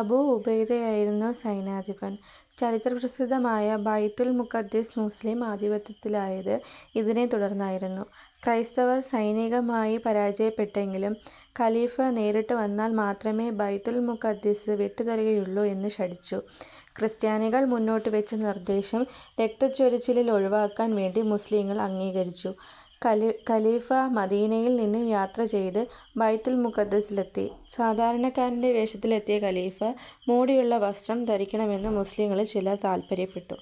അബൂഉബൈദയായിരുന്നു സൈന്യാധിപൻ. ചരിത്രപസിദ്ധമായ ബൈതുൽ മുഖദ്ദിസ് മുസ്ലിം ആധിപത്യത്തിലായത് ഇതിനെത്തുടർന്നായിരുന്നു. ക്രൈസ്തവർ സൈനികമായി പരാജയപ്പെട്ടെങ്കിലും ഖലീഫ നേരിട്ടുവന്നാൽ മാത്രമേ ബൈതുൽ മഖ്ദിസ് വിട്ടുതരികയുള്ളൂ എന്ന് ശഠിച്ചു. ക്രിസ്ത്യാനികൾ മുന്നോട്ടുവെച്ച നിർദ്ദേശം രക്തച്ചൊരിച്ചിൽ ഒഴിവാക്കാൻ വേണ്ടി മുസ്ലിംകൾ അംഗീകരിച്ചു. ഖലീഫ മദീനയിൽ നിന്ന് യാത്രചെയ്ത് ബൈതുൽമഖ്ദിസിലെത്തി. സാധാരണക്കാരന്റെ വേഷത്തിലെത്തിയ ഖലീഫ മോടിയുള്ള വസ്ത്രം ധരിക്കണമെന്ന് മുസ്ലിംകളിൽ ചിലർ താൽപര്യപ്പെട്ടു.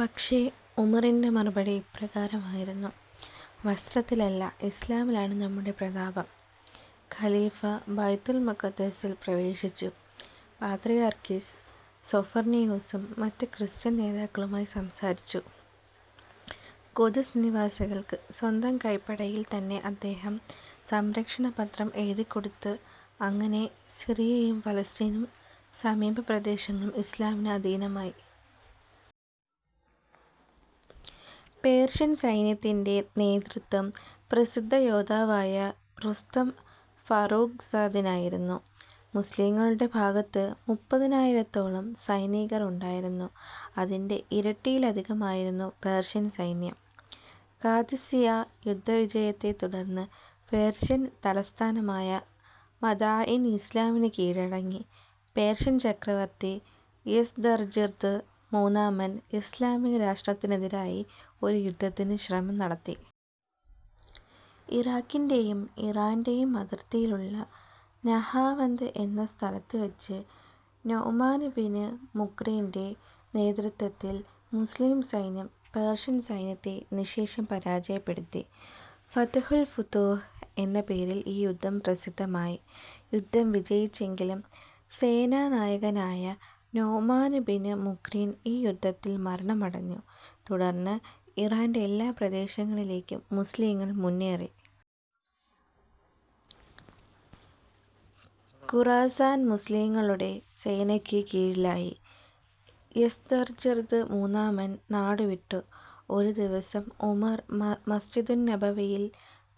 പക്ഷേ, ഉമറിന്റെ മറുപടി ഇപ്രകാരമായിരുന്നു: 'വസ്ത്രത്തിലല്ല, ഇസ്ലാമിലാണ് നമ്മുടെ പ്രതാപം. ' ഖലീഫ ബൈതുൽമഖ്ദിസിൽ പ്രവേശിച്ചു. പാത്രിയാർക്കീസ് സ്വഫർനിയൂസും മറ്റ് ക്രിസ്ത്യൻ നേതാക്കളുമായി സംസാരിച്ചു. ഖുദ്സ് നിവാസികൾക്ക് സ്വന്തം കൈപ്പടയിൽ തന്നെ അദ്ദേഹം സംരക്ഷണപത്രം എഴുതിക്കൊടുത്തു. അങ്ങനെ സിറിയയും ഫലസ്തീനും സമീപ പ്രദേശങ്ങളും ഇസ്ലാമിന് അധീനമായി. പേർഷ്യൻ സൈന്യത്തിന്റെ നേതൃത്വം പ്രസിദ്ധയോദ്ധാവായ റുസ്തം ഫറൂഖ്സാദിനായിരുന്നു. മുസ്ലിംകളുടെ ഭാഗത്ത് മുപ്പതിനായിരത്തോളം സൈനികർ ഉണ്ടായിരുന്നു. അതിന്റെ ഇരട്ടിയിലധികമായിരുന്നു പേർഷ്യൻ സൈന്യം. ഖാദിസിയ്യാ യുദ്ധവിജയത്തെ തുടർന്ന് പേർഷ്യൻ തലസ്ഥാനമായ മദാഇൻ ഇസ്ലാമിന് കീഴടങ്ങി.. പേർഷ്യൻ ചക്രവർത്തി യസ്ദർജിർദ് മൂന്നാമൻ ഇസ്ലാമിക രാഷ്ട്രത്തിനെതിരായി ഒരു യുദ്ധത്തിന് ശ്രമം നടത്തി. ഇറാഖിന്റെയും ഇറാന്റെയും അതിർത്തിയിലുള്ള നഹാവന്ത് എന്ന സ്ഥലത്തുവെച്ച് നുഅ്മാനുബ്നു മുഖ്രിൻറെ നേതൃത്വത്തിൽ മുസ്ലിം സൈന്യം പേർഷ്യൻ സൈന്യത്തെ നിശ്ശേഷം പരാജയപ്പെടുത്തി. ഫത്ഹുൽ ഫുതൂഹ് എന്ന പേരിൽ ഈ യുദ്ധം പ്രസിദ്ധമായി. യുദ്ധം വിജയിച്ചെങ്കിലും സേനാ നായകനായ നുഅ്മാനുബ്നു മുഖ്രിൻ ഈ യുദ്ധത്തിൽ മരണമടഞ്ഞു. തുടർന്ന് ഇറാന്റെ എല്ലാ പ്രദേശങ്ങളിലേക്കും മുസ്ലിംകൾ മുന്നേറി. ഖുറാസാൻ മുസ്ലീങ്ങളുടെ സേനക്ക് കീഴിലായി. യസ്ദർജിർദ് മൂന്നാമൻ നാടുവിട്ടു. ഒരു ദിവസം ഉമർ മസ്ജിദുന്നബവിയിൽ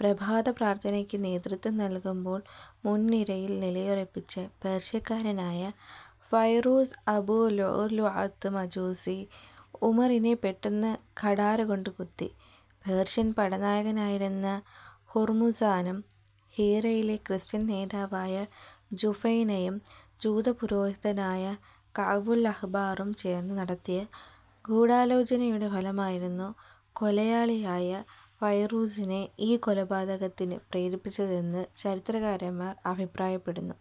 പ്രഭാത പ്രാർത്ഥനക്ക് നേതൃത്വം നൽകുമ്പോൾ, മുൻനിരയിൽ നിലയുറപ്പിച്ച പേർഷ്യക്കാരനായ ഫൈറൂസ് അബൂ ലുഅ് ലുഅത്ത് മജൂസി, ഉമറിനെ പെട്ടെന്ന് കഠാരകൊണ്ട് കുത്തി. പേർഷ്യൻ പടനായകനായിരുന്ന ഹുർമുസാനും ഹീറയിലെ ക്രിസ്ത്യൻ നേതാവായ ജുഫൈനയും ജൂതപുരോഹിതനായ കഅ്ബുൽ അഹ്ബാറും ചേർന്നു നടത്തിയ ഗൂഢാലോചനയുടെ ഫലമായിരുന്നു കൊലയാളിയായ ഫൈറൂസിനെ ഈ കൊലപാതകത്തിന് പ്രേരിപ്പിച്ചതെന്ന് ചരിത്രകാരന്മാർ അഭിപ്രായപ്പെടുന്നു.